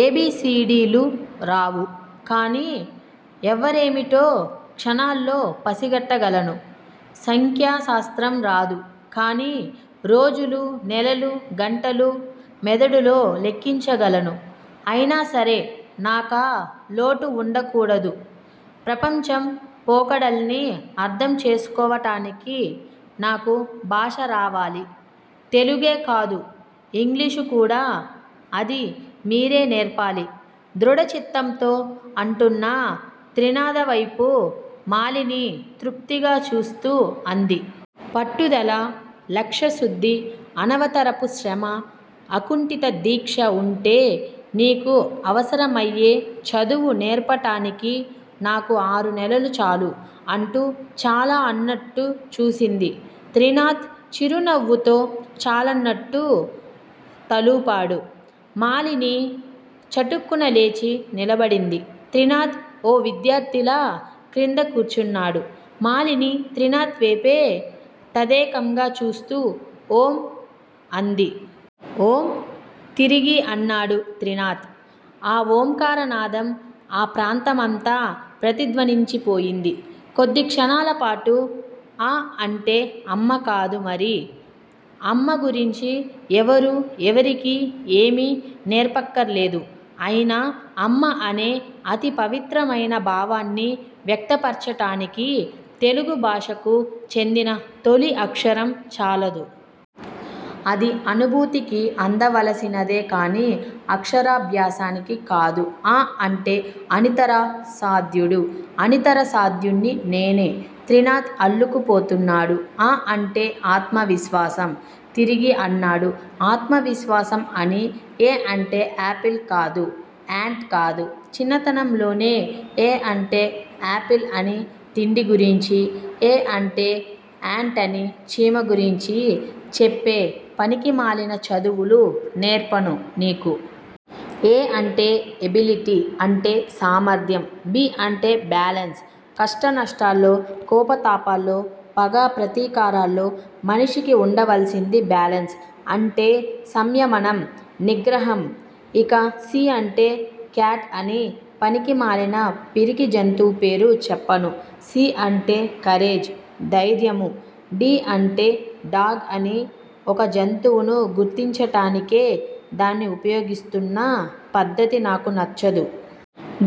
ఏ-బి-సి-డి-లు రావు. కాని ఎవ్వరేమిటో క్షణాల్లో పసిగట్టగలను. సంఖ్యా శాస్త్రం రాదు. కాని రోజులు- నెలలు- గంటలు- మెదడులో లెక్కించగలను. అయినాసరే నాకా లోటు వుండకూడదు. ప్రపంచం పోకడల్ని అర్ధం చేసుకోవటానికి నాకు భాషరావాలి. తెలుగే కాదు ఇంగ్లీషు కూడా. అది మీరే నేర్పాలి- దృఢచిత్తంతో అంటున్న త్రినాథవైపు మాలిని తృప్తిగా చూస్తూ అంది. పట్టుదల, లక్ష్యశుద్ధి, అనవరతపు శ్రమ, అకుంటిత దీక్ష వుంటే నీకు అవసరమయ్యే చదువు నేర్పటానికి నాకు ఆరునెలలు చాలు- అంటూ చాలా అన్నట్టు చూసింది. త్రినాథ్ చిరునవ్వుతో చాలన్నట్టు తలూపాడు. మాలిని చటుక్కున లేచి నిలబడింది. త్రినాథ్ ఓ విద్యార్ధిలా క్రింద కూర్చున్నాడు. మాలిని త్రినాథ్ వేపే తదేకంగా చూస్తూ ఓం- అంది. ఓం- తిరిగి అన్నాడు త్రినాథ్- ఆ ఓంకారనాదం ఆ ప్రాంతమంతా ప్రతిధ్వనించిపోయింది కొద్దిక్షణాలపాటు. అ అంటే అమ్మకాదు మరి-? అమ్మ గురించి ఎవరూ ఎవరికీ ఏమీ నేర్పక్కర్లేదు. అయినా 'అమ్మ' అనే అతి పవిత్రమైన భావాన్ని వ్యక్తపర్చటానికి తెలుగు భాషకు చెందిన తొలి అక్షరం చాలదు. అది అనుభూతికి అందవలసినదే కాని అక్షరాభ్యాసానికి కాదు. 'అ' అంటే అనితరసాధ్యుడు- అనితరసాధ్యుడ్ని నేనే త్రినాథ్ అల్లుకుపోతున్నాడు. అ- అంటే ఆత్మవిశ్వాసం. తిరిగి అన్నాడు ఆత్మవిశ్వాసం అని. ఎ అంటే ఏపిల్ కాదు. ఏంట్ కాదు. చిన్నతనంలోనే 'ఏ' అంటే ఏపిల్ అని తిండి గురించి, ఏ అంటే ఏంటని చీమ గురించి చెప్పే పనికిమాలిన చదువులు నేర్పను నీకు. 'ఏ' అంటే ఎబిలిటి. అంటే సామర్ధ్యం. 'బి' అంటే బ్యాలన్స్. కష్టనష్టాల్లో, కోపతాపాల్లో, పగ, ప్రతీకారాల్లో మనిషికి ఉండవల్సింది బ్యాలన్స్. అంటే సంయమనం, నిగ్రహం. ఇక 'సి' అంటే కేట్ అని పనికిమాలిన పిరికి జంతువు పేరు చెప్పను. 'సి' అంటే కరేజ్. ధైర్యము. 'డి' అంటే డాగ్ అని ఒక జంతువును గుర్తించటానికే దాన్ని ఉపయోగిస్తున్న పద్ధతి నాకు నచ్చదు.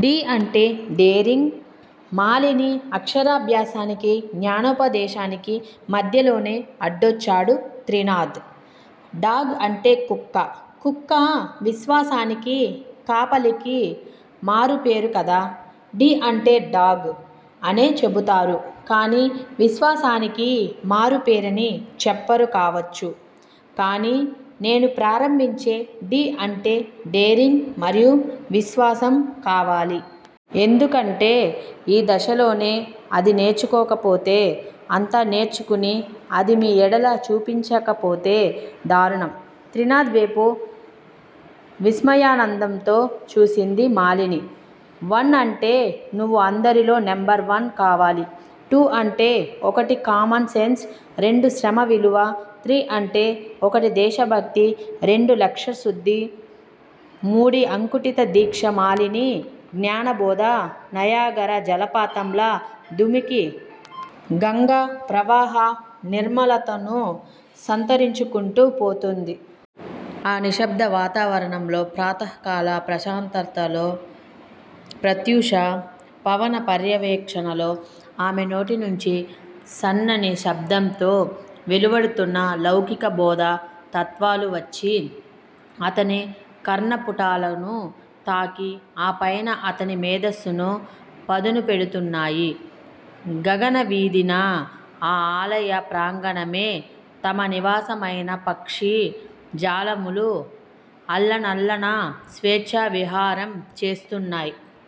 'డి' అంటే డేరింగ్ మాలిని అక్షరాభ్యాసానికి, జ్ఞానోపదేశానికి మధ్యలోనే అడ్డొచ్చాడు త్రినాథ్. డాగ్ అంటే కుక్క. కుక్క విశ్వాసానికి, కాపలాకి మారుపేరు కదా? డి అంటే డాగ్ అనే చెబుతారు కాని విశ్వాసానికి మారుపేరని చెప్పరు. కావచ్చు. కాని నేను ప్రారంభించే 'డి' అంటే డేరింగ్ మరియు విశ్వాసం కావాలి. ఎందుకంటే, ఈ దశలోనే అది నేర్చుకోకపోతే అంతా నేర్చుకుని అది మీ ఎడల చూపించకపోతే దారుణం. త్రినాథ్ వేపు విస్మయానందంతో చూసింది మాలిని. ఒన్ అంటే నువ్వు అందరిలో నెంబర్ వన్ కావాలి. టూ అంటే ఒకటి కామన్ సెన్స్, రెండు శ్రమ విలువ, త్రీ అంటే ఒకటి దేశభక్తి, రెండు లక్ష్యశుద్ధి, మూడి అకుంఠిత దీక్ష మాలిని జ్ఞానబోధ నయాగరా జలపాతంలా దుమికి, గంగా ప్రవాహ నిర్మలతను సంతరించుకుంటూ పోతోంది. ఆ నిశ్శబ్ద వాతావరణంలో ప్రాతఃకాల ప్రశాంతతలో, ప్రత్యూష పవన పర్యవేక్షణలో ఆమె నోటినుంచి సన్నని శబ్దంతో వెలువడుతున్న లౌకిక బోధ తత్వాలు వచ్చి అతని కర్ణపుటాలను తాకి ఆ పైన అతని మేధస్సును పదును పెడుతున్నాయి. గగన వీధిన ఆ ఆలయ ప్రాంగణమే తమ నివాసమైన పక్షి జాలములు అల్లనల్లన స్వేచ్చా విహారం చేస్తున్నాయ్.